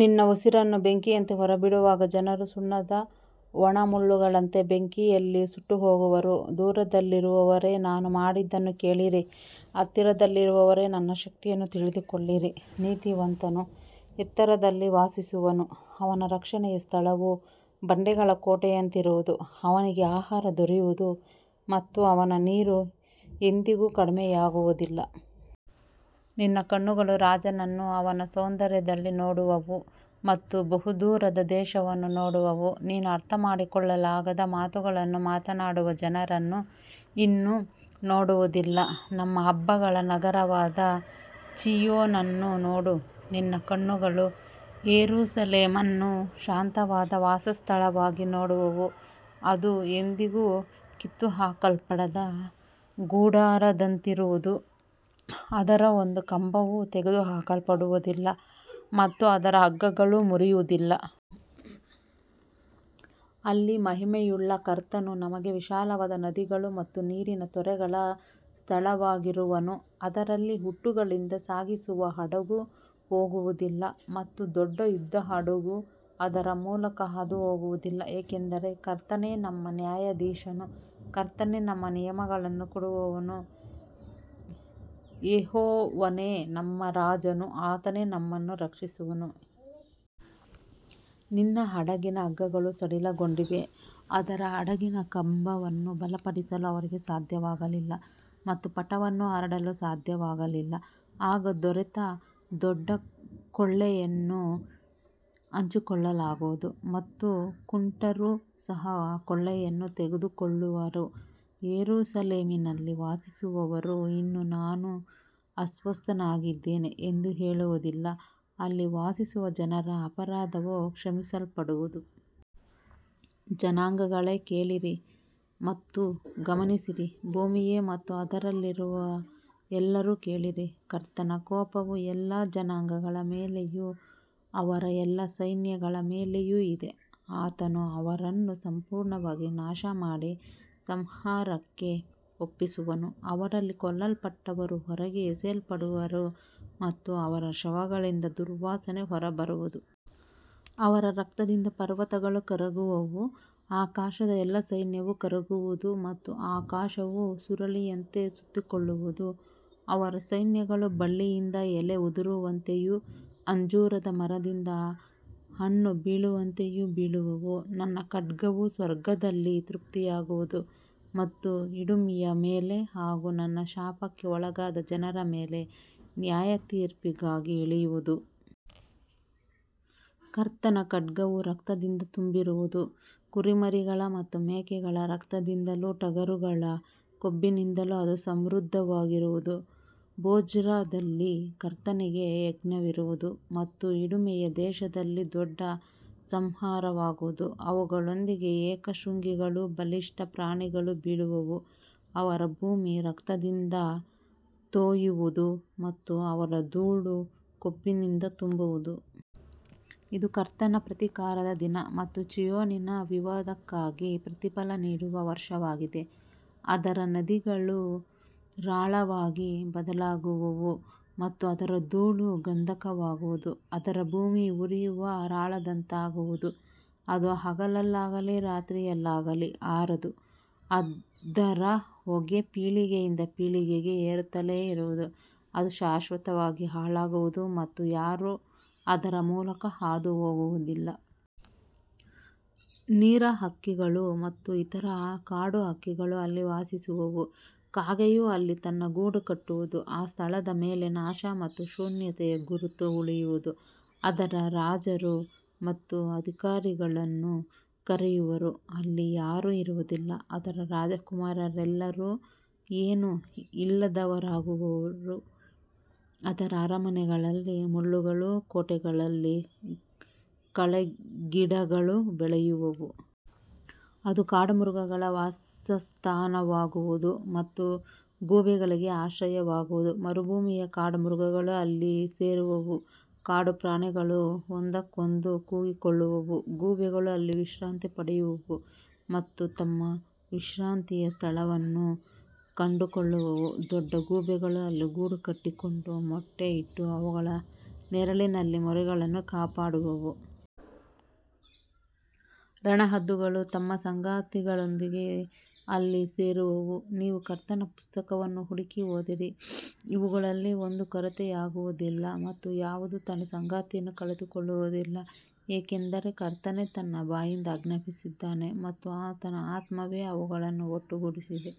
ನಿನ್ನ ಉಸಿರನ್ನು ಬೆಂಕಿಯಂತೆ ಹೊರಬಿಡುವಾಗ ಜನರು ಸುಣ್ಣದ ಒಣ ಮುಳ್ಳುಗಳಂತೆ ಬೆಂಕಿಯಲ್ಲಿ ಸುಟ್ಟುಹೋಗುವರು. ದೂರದಲ್ಲಿರುವವರೇ, ನಾನು ಮಾಡಿದ್ದನ್ನು ಕೇಳಿರಿ. ಹತ್ತಿರದಲ್ಲಿರುವವರೇ, ನನ್ನ ಶಕ್ತಿಯನ್ನು ತಿಳಿದುಕೊಳ್ಳಿರಿ. ನೀತಿವಂತನು ಎತ್ತರದಲ್ಲಿ ವಾಸಿಸುವನು. ಅವನ ರಕ್ಷಣೆಯ ಸ್ಥಳವು ಬಂಡೆಗಳ ಕೋಟೆಯಂತಿರುವುದು. ಅವನಿಗೆ ಆಹಾರ ದೊರೆಯುವುದು ಮತ್ತು ಅವನ ನೀರು ಎಂದಿಗೂ ಕಡಿಮೆಯಾಗುವುದಿಲ್ಲ. ನಿನ್ನ ಕಣ್ಣುಗಳು ರಾಜನನ್ನು ಅವನ ಸೌಂದರ್ಯದಲ್ಲಿ ನೋಡುವವು ಮತ್ತು ಬಹುದೂರದ ದೇಶವನ್ನು ನೋಡುವವು. ನೀನು ಅರ್ಥಮಾಡಿಕೊಳ್ಳಲಾಗದ ಮಾತುಗಳನ್ನು ಮಾತನಾಡುವ ಜನರನ್ನು ಇನ್ನು ನೋಡುವುದಿಲ್ಲ. ನಮ್ಮ ಹಬ್ಬಗಳ ನಗರವಾದ ಚೀಯೋನನ್ನು ನೋಡು. ನಿನ್ನ ಕಣ್ಣುಗಳು ಯೆರೂಸಲೇಮನ್ನು ಶಾಂತವಾದ ವಾಸಸ್ಥಳವಾಗಿ ನೋಡುವವು. ಅದು ಎಂದಿಗೂ ಕಿತ್ತುಹಾಕಲ್ಪಡದ ಗುಡಾರದಂತಿರುವುದು. ಅದರ ಒಂದು ಕಂಬವೂ ತೆಗೆದುಹಾಕಲ್ಪಡುವುದಿಲ್ಲ ಮತ್ತು ಅದರ ಹಗ್ಗಗಳೂ ಮುರಿಯುವುದಿಲ್ಲ. ಅಲ್ಲಿ ಮಹಿಮೆಯುಳ್ಳ ಕರ್ತನು ನಮಗೆ ವಿಶಾಲವಾದ ನದಿಗಳು ಮತ್ತು ನೀರಿನ ತೊರೆಗಳ ಸ್ಥಳವಾಗಿರುವನು. ಅದರಲ್ಲಿ ಹುಟ್ಟುಗಳಿಂದ ಸಾಗಿಸುವ ಹಡಗು ಹೋಗುವುದಿಲ್ಲ ಮತ್ತು ದೊಡ್ಡ ಯುದ್ಧಹಡಗು ಅದರ ಮೂಲಕ ಹಾದುಹೋಗುವುದಿಲ್ಲ. ಏಕೆಂದರೆ ಕರ್ತನೇ ನಮ್ಮ ನ್ಯಾಯಾಧೀಶನು. ಕರ್ತನೇ ನಮ್ಮ ನಿಯಮಗಳನ್ನು ಕೊಡುವವನು. ಯೆಹೋವನೇ ನಮ್ಮ ರಾಜನು. ಆತನೇ ನಮ್ಮನ್ನು ರಕ್ಷಿಸುವನು. ನಿನ್ನ ಹಡಗಿನ ಹಗ್ಗಗಳು ಸಡಿಲಗೊಂಡಿವೆ. ಅದರ ಹಡಗಿನ ಕಂಬವನ್ನು ಬಲಪಡಿಸಲು ಅವರಿಗೆ ಸಾಧ್ಯವಾಗಲಿಲ್ಲ ಮತ್ತು ಪಟವನ್ನು ಹರಡಲು ಸಾಧ್ಯವಾಗಲಿಲ್ಲ. ಆಗ ದೊರೆತ ದೊಡ್ಡ ಕೊಳ್ಳೆಯನ್ನು ಹಂಚಿಕೊಳ್ಳಲಾಗುವುದು ಮತ್ತು ಕುಂಟರೂ ಸಹ ಕೊಳ್ಳೆಯನ್ನು ತೆಗೆದುಕೊಳ್ಳುವರು. ಯೆರೂಸಲೇಮಿನಲ್ಲಿ ವಾಸಿಸುವವರು ಇನ್ನು ನಾನು ಅಸ್ವಸ್ಥನಾಗಿದ್ದೇನೆ ಎಂದು ಹೇಳುವುದಿಲ್ಲ. ಅಲ್ಲಿ ವಾಸಿಸುವ ಜನರ ಅಪರಾಧವು ಕ್ಷಮಿಸಲ್ಪಡುವುದು. ಜನಾಂಗಗಳೇ, ಕೇಳಿರಿ ಮತ್ತು ಗಮನಿಸಿರಿ. ಭೂಮಿಯೇ ಮತ್ತು ಅದರಲ್ಲಿರುವ ಎಲ್ಲರೂ ಕೇಳಿರಿ. ಕರ್ತನ ಕೋಪವು ಎಲ್ಲಾ ಜನಾಂಗಗಳ ಮೇಲೆಯೂ ಅವರ ಎಲ್ಲಾ ಸೈನ್ಯಗಳ ಮೇಲೆಯೂ ಇದೆ. ಆತನು ಅವರನ್ನು ಸಂಪೂರ್ಣವಾಗಿ ನಾಶಮಾಡಿ ಸಂಹಾರಕ್ಕೆ ಒಪ್ಪಿಸುವನು. ಅವರಲ್ಲಿ ಕೊಲ್ಲಲ್ಪಟ್ಟವರು ಹೊರಗೆ ಎಸೆಯಲ್ಪಡುವರು ಮತ್ತು ಅವರ ಶವಗಳಿಂದ ದುರ್ವಾಸನೆ ಹೊರಬರುವುದು. ಅವರ ರಕ್ತದಿಂದ ಪರ್ವತಗಳು ಕರಗುವವು. ಆಕಾಶದ ಎಲ್ಲಾ ಸೈನ್ಯವು ಕರಗುವುದು ಮತ್ತು ಆಕಾಶವು ಸುರುಳಿಯಂತೆ ಸುತ್ತಿಕೊಳ್ಳುವುದು. ಅವರ ಸೈನ್ಯಗಳು ಬಳ್ಳಿಯಿಂದ ಎಲೆ ಉದುರುವಂತೆಯೂ ಅಂಜೂರದ ಮರದಿಂದ ಹಣ್ಣು ಬೀಳುವಂತೆಯೂ ಬೀಳುವವು. ನನ್ನ ಖಡ್ಗವು ಸ್ವರ್ಗದಲ್ಲಿ ತೃಪ್ತಿಯಾಗುವುದು ಮತ್ತು ಇಡುಮಿಯ ಮೇಲೆ ಹಾಗೂ ನನ್ನ ಶಾಪಕ್ಕೆ ಒಳಗಾದ ಜನರ ಮೇಲೆ ನ್ಯಾಯತೀರ್ಪಿಗಾಗಿ ಇಳಿಯುವುದು. ಕರ್ತನ ಖಡ್ಗವು ರಕ್ತದಿಂದ ತುಂಬಿರುವುದು. ಕುರಿಮರಿಗಳ ಮತ್ತು ಮೇಕೆಗಳ ರಕ್ತದಿಂದಲೂ ಟಗರುಗಳ ಕೊಬ್ಬಿನಿಂದಲೂ ಅದು ಸಮೃದ್ಧವಾಗಿರುವುದು. ಬೊಜ್ರಾದಲ್ಲಿ ಕರ್ತನಿಗೆ ಯಜ್ಞವಿರುವುದು ಮತ್ತು ಇಡುಮೆಯ ದೇಶದಲ್ಲಿ ದೊಡ್ಡ ಸಂಹಾರವಾಗುವುದು. ಅವುಗಳೊಂದಿಗೆ ಏಕಶೃಂಗಿಗಳೂ ಬಲಿಷ್ಠ ಪ್ರಾಣಿಗಳೂ ಬೀಳುವವು. ಅವರ ಭೂಮಿ ರಕ್ತದಿಂದ ತೋಯುವುದು ಮತ್ತು ಅವರ ಧೂಳು ಕೊಬ್ಬಿನಿಂದ ತುಂಬುವುದು. ಇದು ಕರ್ತನ ಪ್ರತೀಕಾರದ ದಿನ ಮತ್ತು ಚೀಯೋನಿನ ವಿವಾದಕ್ಕಾಗಿ ಪ್ರತಿಫಲ ನೀಡುವ ವರ್ಷವಾಗಿದೆ. ಅದರ ನದಿಗಳು ರಾಳವಾಗಿ ಬದಲಾಗುವವು ಮತ್ತು ಅದರ ಧೂಳು ಗಂಧಕವಾಗುವುದು. ಅದರ ಭೂಮಿ ಉರಿಯುವ ರಾಳದಂತಾಗುವುದು. ಅದು ಹಗಲಲ್ಲಾಗಲಿ ರಾತ್ರಿಯಲ್ಲಾಗಲಿ ಆರದು. ಅದರ ಹೊಗೆ ಪೀಳಿಗೆಯಿಂದ ಪೀಳಿಗೆಗೆ ಏರುತ್ತಲೇ ಇರುವುದು. ಅದು ಶಾಶ್ವತವಾಗಿ ಹಾಳಾಗುವುದು ಮತ್ತು ಯಾರೂ ಅದರ ಮೂಲಕ ಹಾದುಹೋಗುವುದಿಲ್ಲ. ನೀರಹಕ್ಕಿಗಳು ಮತ್ತು ಇತರ ಕಾಡುಹಕ್ಕಿಗಳು ಅಲ್ಲಿ ವಾಸಿಸುವವು. ಕಾಗೆಯು ಅಲ್ಲಿ ತನ್ನ ಗೂಡು ಕಟ್ಟುವುದು. ಆ ಸ್ಥಳದ ಮೇಲೆ ನಾಶ ಮತ್ತು ಶೂನ್ಯತೆಯ ಗುರುತು ಉಳಿಯುವುದು. ಅದರ ರಾಜರು ಮತ್ತು ಅಧಿಕಾರಿಗಳನ್ನು ಕರೆಯುವರೂ ಅಲ್ಲಿ ಯಾರೂ ಇರುವುದಿಲ್ಲ. ಅದರ ರಾಜಕುಮಾರರೆಲ್ಲರೂ ಏನೂ ಇಲ್ಲದವರಾಗುವರು. ಅದರ ಅರಮನೆಗಳಲ್ಲಿ ಮುಳ್ಳುಗಳೂ ಕೋಟೆಗಳಲ್ಲಿ ಕಳೆಗಿಡಗಳೂ ಬೆಳೆಯುವವು. ಅದು ಕಾಡುಮೃಗಗಳ ವಾಸಸ್ಥಾನವಾಗುವುದು ಮತ್ತು ಗೂಬೆಗಳಿಗೆ ಆಶ್ರಯವಾಗುವುದು. ಮರುಭೂಮಿಯ ಕಾಡುಮೃಗಗಳು ಅಲ್ಲಿ ಸೇರುವವು. ಕಾಡುಪ್ರಾಣಿಗಳು ಒಂದಕ್ಕೊಂದು ಕೂಗಿಕೊಳ್ಳುವವು. ಗೂಬೆಗಳು ಅಲ್ಲಿ ವಿಶ್ರಾಂತಿ ಪಡೆಯುವವು ಮತ್ತು ತಮ್ಮ ವಿಶ್ರಾಂತಿಯ ಸ್ಥಳವನ್ನು ಕಂಡುಕೊಳ್ಳುವವು. ದೊಡ್ಡ ಗೂಬೆಗಳು ಅಲ್ಲಿ ಗೂಡು ಕಟ್ಟಿಕೊಂಡು ಮೊಟ್ಟೆ ಇಟ್ಟು ಅವುಗಳ ನೆರಳಿನಲ್ಲಿ ಮರಿಗಳನ್ನು ಕಾಪಾಡುವವು. ರಣಹದ್ದುಗಳು ತಮ್ಮ ಸಂಗಾತಿಗಳೊಂದಿಗೆ ಅಲ್ಲಿ ಸೇರುವವು. ನೀವು ಕರ್ತನ ಪುಸ್ತಕವನ್ನು ಹುಡುಕಿ ಓದಿರಿ. ಇವುಗಳಲ್ಲಿ ಒಂದೂ ಕೊರತೆಯಾಗುವುದಿಲ್ಲ ಮತ್ತು ಯಾವುದೂ ತನ್ನ ಸಂಗಾತಿಯನ್ನು ಕಳೆದುಕೊಳ್ಳುವುದಿಲ್ಲ. ಏಕೆಂದರೆ ಕರ್ತನೇ ತನ್ನ ಬಾಯಿಂದ ಆಜ್ಞಾಪಿಸಿದ್ದಾನೆ ಮತ್ತು ಆತನ ಆತ್ಮವೇ ಅವುಗಳನ್ನು ಒಟ್ಟುಗೂಡಿಸಿದೆ.